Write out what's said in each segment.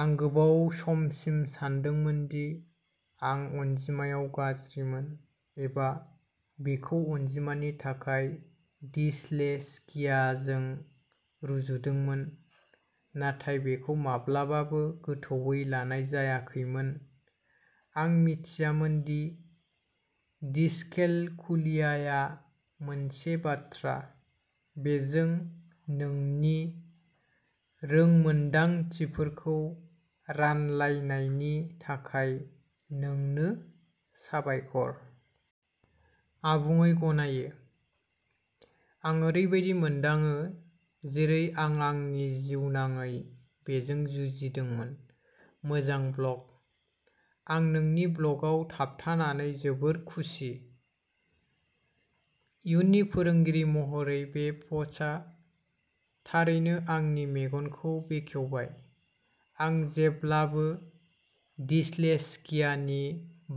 आं गोबाव समसिम सानदोंमोन दि आं अनजिमायाव गाज्रिमोन, एबा बेखौ अनजिमानि थाखाय डिस्लेक्सियाजों रुजुदोंमोन, नाथाय बेखौ माब्लाबाबो गोथौवै लानाय जायाखैमोन। आं मिथियामोन दि डिसकेलकुलियाया मोनसे बाथ्रा! बेजों नोंनि रोंमोनदांथिफोरखौ रानलायनायनि थाखाय नोंनो साबायखर! आबुङै गनायो। आं ओरैबायदि मोनदाङो जेरै आं आंनि जिउनाङै बेजों जुजिदोंमोन। मोजां ब्लग! आं नोंनि ब्लगआव थाबथानानै जोबोद खुसि। इयुननि फोरोंगिरि महरै, बे पस्टआ थारैनो आंनि मेगनखौ बेखेवबाय। आं जेब्लाबो डिस्लेक्सियानि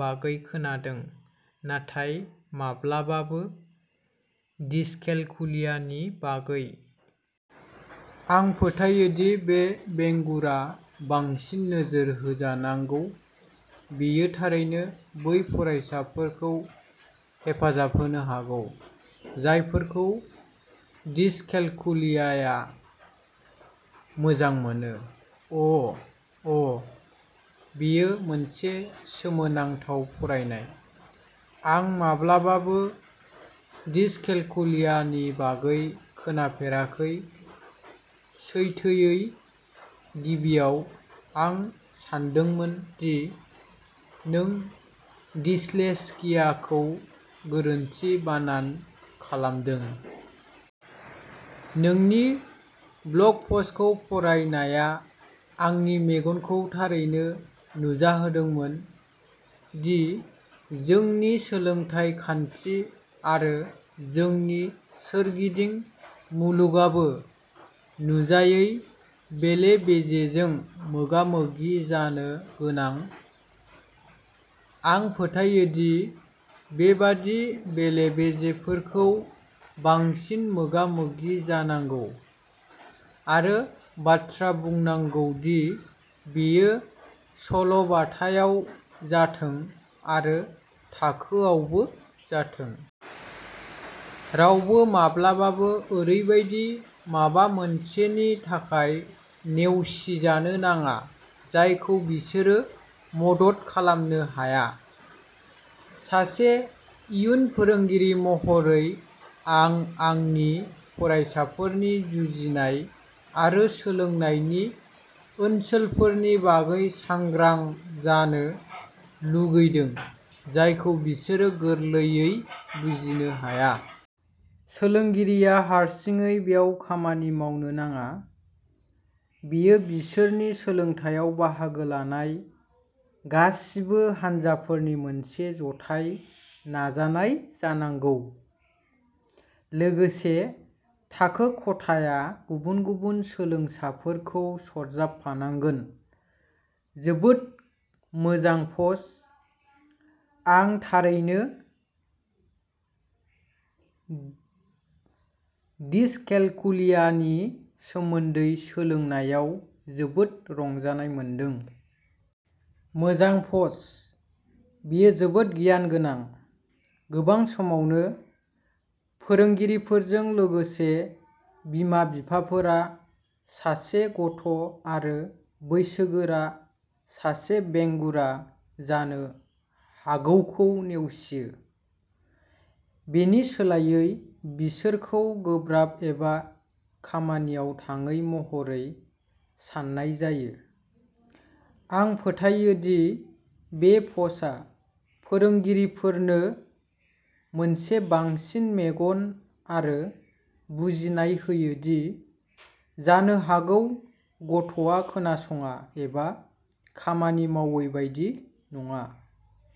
बागै खोनादों, नाथाय माब्लाबाबो डिसकेलकुलियानि बागै। आं फोथायो दि बे बेंगुरा बांसिन नोजोर होजानांगौ, बेयो थारैनो बै फरायसाफोरखौ हेफाजाब होनो हागौ जायफोरखौ डिसकेलकुलियाया मोजां मोनो। अ'अ, बेयो मोनसे गोसोनांथाव फरायनाय। आं माब्लाबाबो डिसकेलकुलियानि बागै खोनाफेराखै, सैथोयै, गिबियाव, आं सानदोंमोन दि नों डिस्लेक्सियाखौ गोरोन्थि बानान खालामदों। नोंनि ब्लग पस्टखौ फरायनाया आंनि मेगनखौ थारैनो नुजाहोदोंमोन दि जोंनि सोलोंथाय खान्थि आरो जोंनि सोरगिदिं मुलुगआबो नुजायै बेले-बेजेजों मोगा-मोगि जानो गोनां। आं फोथायो दि बेबादि बेले-बेजेफोरखौ बांसिन मोगा-मोगि जानांगौ आरो बाथ्रा बुंनांगौ दि बेयो सल'बाथायाव जाथों आरो थाखोआवबो जाथों। रावबो माब्लाबाबो ओरैबायदि माबा मोनसेनि थाखाय नेवसिजानो नाङा जायखौ बिसोरो मदद खालामनो हाया। सासे इयुन फोरोंगिरि महरै, आं आंनि फरायसाफोरनि जुजिनाय आरो सोलोंनायनि ओनसोलफोरनि बागै सांग्रां जानो लुगैदों जायखौ बिसोरो गोरलैयै बुजिनो हाया। सोलोंगिरिया हारसिङै बेयाव खामानि मावनो नाङा, बेयो बिसोरनि सोलोंथायाव बाहागो लानाय गासिबो हानजाफोरनि मोनसे जथाय नाजानाय जानांगौ। लोगोसे, थाखो खथाया गुबुन-गुबुन सोलोंसाफोरखौ सरजाबफानांगोन। जोबोद मोजां पस्ट, आं थारैनो। डिसकेलकुलियानि सोमोन्दै सोलोंनायाव जोबोद रंजानाय मोनदों। मोजां पस्ट! बेयो जोबोद गियान गोनां। गोबां समावनो फोरोंगिरिफोरजों लोगोसे बिमा-बिफाफोरा सासे गथ'आरो ा बैसोगोरा सासे बेंगुरा जानो हागौखौ नेवसियो। बेनि सोलायै बिसोरखौ गोब्राब एबा खामानियाव थाङै महरै साननाय जायो, आं फोथायो दि बे पस्टआ फोरोंगिरिफोरनो मोनसे बांसिन मेगन आरो बुजिनाय होयो दि जानो हागौ गथ'आ खोनासङा एबा खामानि मावै बायदि नङा।